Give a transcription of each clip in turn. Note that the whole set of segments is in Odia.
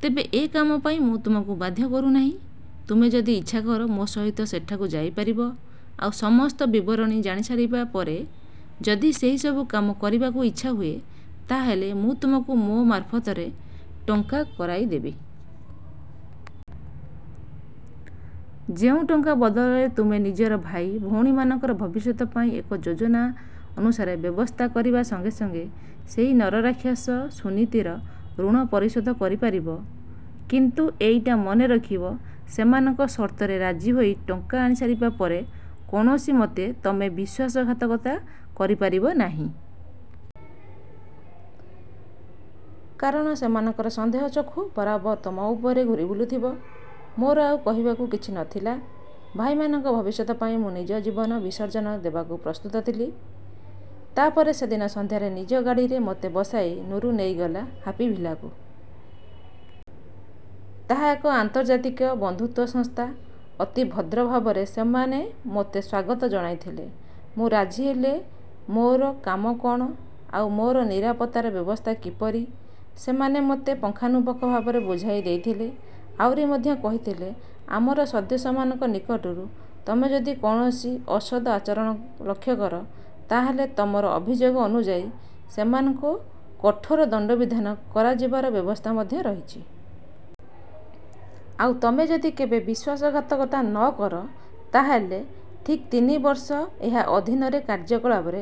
ତେବେ ଏ କାମ ପାଇଁ ମୁଁ ତୁମକୁ ବାଧ୍ୟ କରୁନାହିଁ। ତୁମେ ଯଦି ଇଚ୍ଛା କର, ମୋ ସହିତ ସେଠାକୁ ଯାଇପାରିବ। ଆଉ ସମସ୍ତ ବିବରଣୀ ଜାଣିସାରିବା ପରେ ଯଦି ସେହିସବୁ କାମ କରିବାକୁ ଇଚ୍ଛା ହୁଏ, ତା ହେଲେ ମୁଁ ତୁମକୁ ମୋ ମାରଫତରେ ଟଙ୍କା କରାଇ ଦେବି। ଯେଉଁ ଟଙ୍କା ବଦଳରେ ତୁମେ ନିଜର ଭାଇ, ଭଉଣୀମାନଙ୍କର ଭବିଷ୍ୟତ ପାଇଁ ଏକ ଯୋଜନା ଅନୁସାରେ ବ୍ୟବସ୍ଥା କରିବା ସଙ୍ଗେ ସଙ୍ଗେ ସେହି ନରରାକ୍ଷସ ସୁନୀତିର ଋଣ ପରିଶୋଧ କରିପାରିବ। କିନ୍ତୁ ଏଇଟା ମନେ ରଖିବ ସେମାନଙ୍କ ସର୍ତ୍ତରେ ରାଜି ହୋଇ ଟଙ୍କା ଆଣିସାରିବା ପରେ କୌଣସିମତେ ତମେ ବିଶ୍ୱାସଘାତକତା କରିପାରିବ ନାହିଁ। କାରଣ, ସେମାନଙ୍କର ସନ୍ଦେହ ଚକ୍ଷୁ ବରାବର ତମ ଉପରେ ଘୂରି ବୁଲୁଥିବ। ମୋର ଆଉ କହିବାକୁ କିଛି ନଥିଲା। ଭାଇମାନଙ୍କ ଭବିଷ୍ୟତ ପାଇଁ ମୁଁ ନିଜ ଜୀବନ ବିସର୍ଜନ ଦେବାକୁ ପ୍ରସ୍ତୁତ ଥିଲି। ତା ପରେ ସେଦିନ ସନ୍ଧ୍ୟାରେ ନିଜ ଗାଡ଼ିରେ ମୋତେ ବସାଇ ନୁରୁ ନେଇଗଲା 'ହାପି ଭିଲ୍ଲା'କୁ। ତାହା ଏକ ଆନ୍ତର୍ଜାତିକ ବନ୍ଧୁତ୍ୱ ସଂସ୍ଥା। ଅତି ଭଦ୍ର ଭାବରେ ସେମାନେ ମୋତେ ସ୍ୱାଗତ ଜଣାଇଥିଲେ। ମୁଁ ରାଜି ହେଲେ ମୋର କାମ କଣ, ଆଉ ମୋର ନିରାପତ୍ତାର ବ୍ୟବସ୍ଥା କିପରି, ସେମାନେ ମୋତେ ପଙ୍ଖାନୁପୁଙ୍ଖ ଭାବରେ ବୁଝାଇ ଦେଇଥିଲେ। ଆହୁରି ମଧ୍ୟ କହିଥିଲେ, ଆମର ସଦସ୍ୟମାନଙ୍କ ନିକଟରୁ ତମେ ଯଦି କୌଣସି ଅସଦ୍ ଆଚରଣ ଲକ୍ଷ୍ୟ କର, ତା ହେଲେ ତମର ଅଭିଯୋଗ ଅନୁଯାୟୀ ସେମାନଙ୍କୁ କଠୋର ଦଣ୍ଡବିଧାନ କରାଯିବାର ବ୍ୟବସ୍ଥା ମଧ୍ୟ ରହିଛି। ଆଉ ତମେ ଯଦି କେବେ ବିଶ୍ୱାସଘାତକତା ନ କର, ତା ହେଲେ ଠିକ୍ ତିନି ବର୍ଷ ଏହା ଅଧୀନରେ କାର୍ଯ୍ୟ କଲାପରେ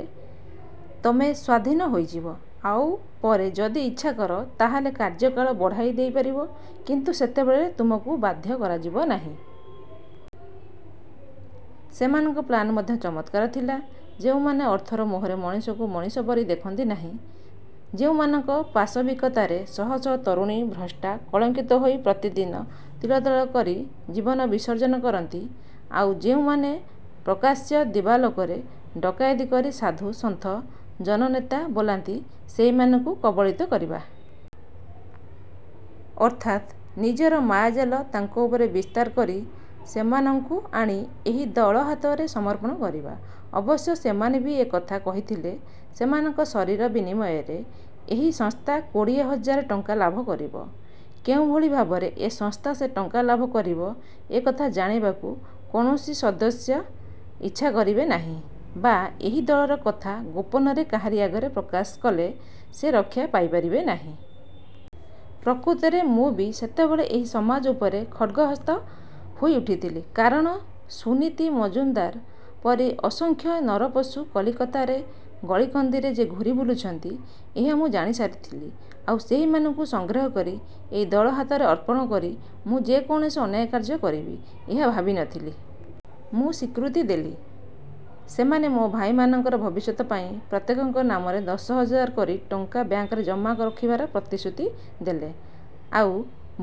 ତମେ ସ୍ୱାଧୀନ ହୋଇଯିବ। ଆଉ ପରେ ଯଦି ଇଚ୍ଛା କର, ତା ହେଲେ କାର୍ଯ୍ୟକାଳ ବଢ଼ାଇ ଦେଇପାରିବ କିନ୍ତୁ ସେତେବେଳେ ତମକୁ ବାଧ୍ୟ କରାଯିବ ନାହିଁ। ସେମାନଙ୍କ ପ୍ଲାନ୍ ମଧ୍ୟ ଚମତ୍କାର ଥିଲା। ଯେଉଁମାନେ ଅର୍ଥର ମୋହରେ ମଣିଷକୁ ମଣିଷ ପରି ଦେଖନ୍ତି ନାହିଁ, ଯେଉଁମାନଙ୍କ ପାଶବିକତାରେ ଶହ ଶହ ତରୁଣୀ ଭ୍ରଷ୍ଟା, କଳଙ୍କିତା ହୋଇ ପ୍ରତିଦିନ ତିଳ ତିଳ କରି ଜୀବନ ବିସର୍ଜନ କରନ୍ତି, ଆଉ ଯେଉଁମାନେ ପ୍ରକାଶ୍ୟ ଦିବାଲୋକରେ ଡକାୟତି କରି ସାଧୁ, ସନ୍ଥ, ଜନନେତା ବୋଲାନ୍ତି, ସେହିମାନଙ୍କୁ କବଳିତ କରିବା। ଅର୍ଥାତ୍ ନିଜର ମାୟାଜାଲ ତାଙ୍କ ଉପରେ ବିସ୍ତାର କରି ସେମାନଙ୍କୁ ଆଣି ଏହି ଦଳ ହାତରେ ସମର୍ପଣ କରିବା। ଅବଶ୍ୟ ସେମାନେ ବି ଏ କଥା କହିଥିଲେ, ସେମାନଙ୍କ ଶରୀର ବିନିମୟରେ ଏହି ସଂସ୍ଥା କୋଡ଼ିଏ ହଜାର ଟଙ୍କା ଲାଭ କରିବ। କେଉଁଭଳି ଭାବରେ ଏ ସଂସ୍ଥା ସେ ଟଙ୍କା ଲାଭ କରିବ, ଏ କଥା ଜାଣିବାକୁ କୌଣସି ସଦସ୍ୟା ଇଚ୍ଛା କରିବେ ନାହିଁ ବା ଏହି ଦଳର କଥା ଗୋପନରେ କାହାରି ଆଗରେ ପ୍ରକାଶ କଲେ ସେ ରକ୍ଷା ପାଇପାରିବେ ନାହିଁ। ପ୍ରକୃତରେ ମୁଁ ବି ସେତେବେଳେ ଏହି ସମାଜ ଉପରେ ଖଡ୍‌ଗହସ୍ତ ହୋଇଉଠିଥିଲି। କାରଣ, ସୁନୀତି ମଜୁମଦାର ପରି ଅସଂଖ୍ୟ ନରପଶୁ କଲିକତାରେ ଗଳିକନ୍ଦିରେ ଯେ ଘୂରି ବୁଲୁଛନ୍ତି, ଏହା ମୁଁ ଜାଣିସାରିଥିଲି। ଆଉ ସେହିମାନଙ୍କୁ ସଂଗ୍ରହ କରି ଏହି ଦଳ ହାତରେ ଅର୍ପଣ କରି ମୁଁ ଯେ କୌଣସି ଅନ୍ୟାୟ କାର୍ଯ୍ୟ କରିବି, ଏହା ଭାବିନଥିଲି। ମୁଁ ସ୍ୱୀକୃତି ଦେଲି। ସେମାନେ ମୋ ଭାଇମାନଙ୍କର ଭବିଷ୍ୟତ ପାଇଁ ପ୍ରତ୍ୟେକଙ୍କ ନାମରେ ଦଶ ହଜାର କରି ଟଙ୍କା ବ୍ୟାଙ୍କରେ ଜମା ରଖିବାର ପ୍ରତିଶ୍ରୁତି ଦେଲେ। ଆଉ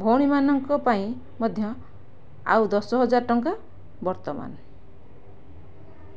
ଭଉଣୀମାନଙ୍କ ପାଇଁ ମଧ୍ୟ। ଆଉ ଦଶ ହଜାର ଟଙ୍କା ବର୍ତ୍ତମାନ